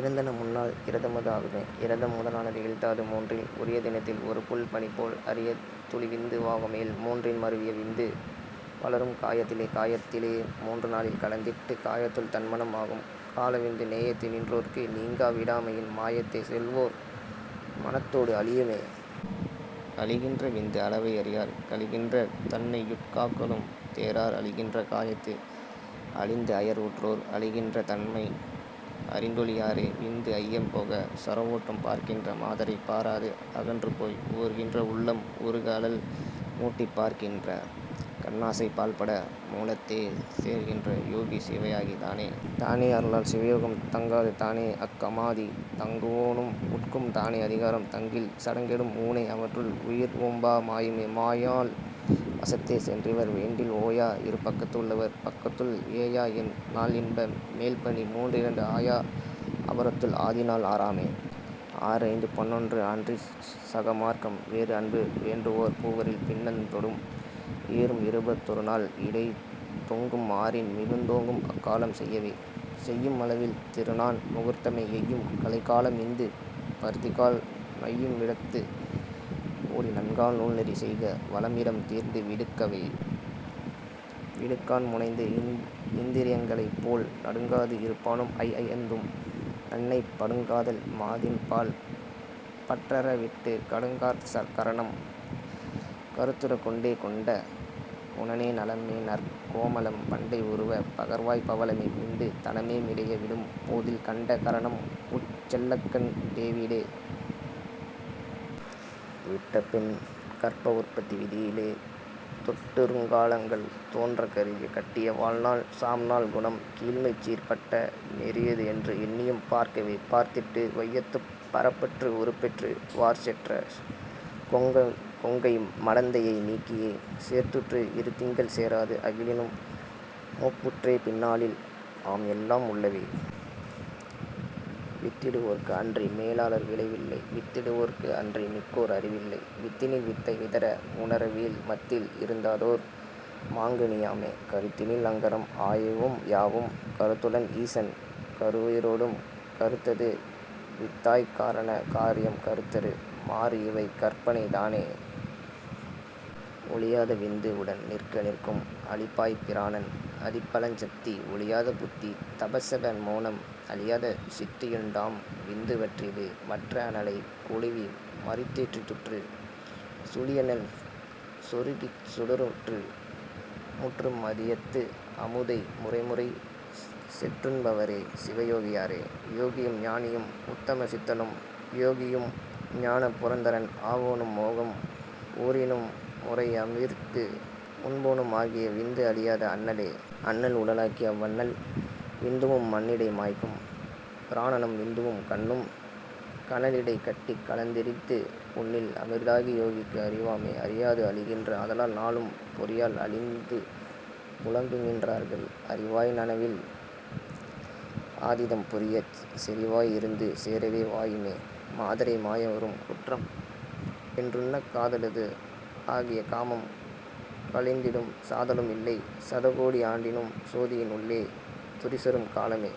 இருந்தன முன்னாள் இரதமது ஆகுமே. இரதம் முதலான ஏழ்தாது மூன்றில் உரிய தினத்தில் ஒருபுல் பனிபோல் அரிய துளிவிந்து வாகும்ஏழ் மூன்றின் மருவிய விந்து வளரும்கா யத்திலே. காயத்தி லேமூன்று நாளில் கலந்திட்டுக் காயத்துள் தன்மனம் ஆகும் கலாவிந்து நேயத்தே நின்றோர்க்கு நீங்கா விடாமையின் மாயத்தே செல்வோர் மனத்தோடு அழியுமே. அழிகின்ற விந்து அளவை அறியார் கழிகின்ற தன்னையுட் காக்கலும் தேரார் அழிகின்ற காயத்து அழிந்துஅயர் உற்றோர் அழிகின்ற தன்மை அறிந்தொழி யாரே.. விந்து ஜயம் போக சரவோட்டம் பார்க்கின்ற மாதரைப் பாராது அகன்றுபோய் ஓர்க்கின்ற உள்ளம் உருக அழல்மூட்டிப் பார்க்கின்ற கண்ணாசை பாழ்பட மூலத்தே சேர்க்கின்ற யோகி சிவயோகி தானே. தானே அருளால் சிவயோகம் தங்காது தானேஅக் காமாதி தங்குவோ னும் உட்கும் தானே அதிகாரம் தங்கில் சடங்கெடும் ஊனே அவற்றுள் உயிர்ஒம்பா மாயுமே. மாயாள் வசத்தே சென்றிவர் வேண்டில் ஓயா இருபக்கத்து உள்வளர் பக்கத்துள் ஏயாஎண் நாள்இன்ப மேல்பனி மூன்றிரண்டு ஆயா அபரத்துள் ஆதிநாள் ஆறாமே. ஆறுஐந்து பன்னொன்றும் அன்றிச் சகமார்க்கம் வேறுஅன்பு வேண்டுவோர் பூவரில் பின்னம்தோடு ஏறும் இருபத் தொருநாள் இடைத்தோங்கும் ஆறின் மிகுந்தோங்கும் அக்காலம் செய்யவே. செய்யும் அளவில் திருநான் முகூர்த்தமே எய்யும் கலைகாலம் இந்து பருதிகால் நையுமிடத்து ஓடி நன்கா நூல்நெறி செய்க வலம் இடம் தீர்ந்து விடுக்கவே. விடுங்காண் முனைந்துஇந் திரியங்க ளைப் போல் நடுங்காது இருப்பானும் ஐஐந்தும் நண்ணப் படுங்காதல் மாதின்பால் பற்றற விட்டுக் கடுங்காற் கரணம் கருத்துறக் கொண்டே. கொண்ட குணனே நலமேநற் கோமளம் பண்டை உருவே பகர்வாய் பவளமே மிண்டு தனமே மிடைய விடும் போதில் கண்ட கரணம் உட் செல்லக்கண் டேவிடே. விட்டபின் கர்ப்பஉற் பத்தி விதியிலே தொட்டுறுங் காலங்கள் தோன்றக் கருதிய கட்டிய வாழ்நாள் சாம்நாள் குணம் கீழ்மைசீர்ப் பட்ட நெறியிதுஎன்று எண்ணியும் பார்க்கவே. பார்த்திட்டு வையத்துப் பரப்பற்று உருப்பெற்று வார்ச்செற்ற கொங்கை மடந்தையை நீக்கியே சேர்த்துற்று இருதிங்கள் சேராது அகலினும் மூப்புற்றே பின்னாளில் ஆம்எல்லாம் உள்ளவே. வித்திடு வோர்க்கு அன்றி மேலோர் விளைவில்லை வித்திடு வோர்க்கு அன்றி மிக்கோர் அறிவில்லை வித்தினில் வித்தை விதற உணர்வரேல் மத்தில் இருந்ததோர் மாங்கனி யாமே. கருத்தினில் அக்கரம் ஆயுவும் யாவும் கருத்துளன் ஈசன் கருஉயிரோடும் கருத்தது வித்தாய்க் காரண காரியம் கருத்தறு மாறுஇவை கற்பனை தானே. ஒழியாத விந்து வுடன்நிற்க நிற்கும் அழியாப் பிராணன் அதிபலஞ் சத்தி ஒழியாத புத்தி தபஞ்செப மோனம் அழியாத சித்தியுண் டாம்விந்து வற்றிலே. வற்ற அனலைக் கொளுவி மறித்தேற்றித் துற்ற சுழியனல் சொருகிக் சுடருற்று முற்று மதியத்து அமுதை முறைமுறை செற்றுண் பவரே சிவயோகி யாரே. யோகியும் ஞானியும் உத்தம சித்தனும் யோகியும் ஞான புரந்தரன் ஆவோனும் மோகம் உறினும் முறைஅமிர்து உண்போனும் ஆகிய விந்து அழியாத அண்ணலே. அண்ணல் உடலாகி அவ்வனல் விந்துவும் மண்ணிடை மாய்க்கும் பிராணனாம் விந்துவும் கண்ணும் கனலிடைக் கட்டிக் கலந்தெரித்து உண்ணில் அமிர்தாகி யோகிக்கு அறிவாமே. அறியாது அழிகின்ற ஆதலால் நாளும் பொறியால் அழிந்து புலம்புகின் றார்கள் அறிவாய் நனவில் அதீதம் புரியச் செறிவாய் இருந்து சேரவே வாயுமே. மாதரை மாய வரும் கூற்றம் என்றுன்னக் காதலது ஆகிய காமம் கழிந்திடும் சாதலும் இல்லை சதகோடி ஆண்டினும் சோதியின் உள்ளே துரிசறும் காலமே.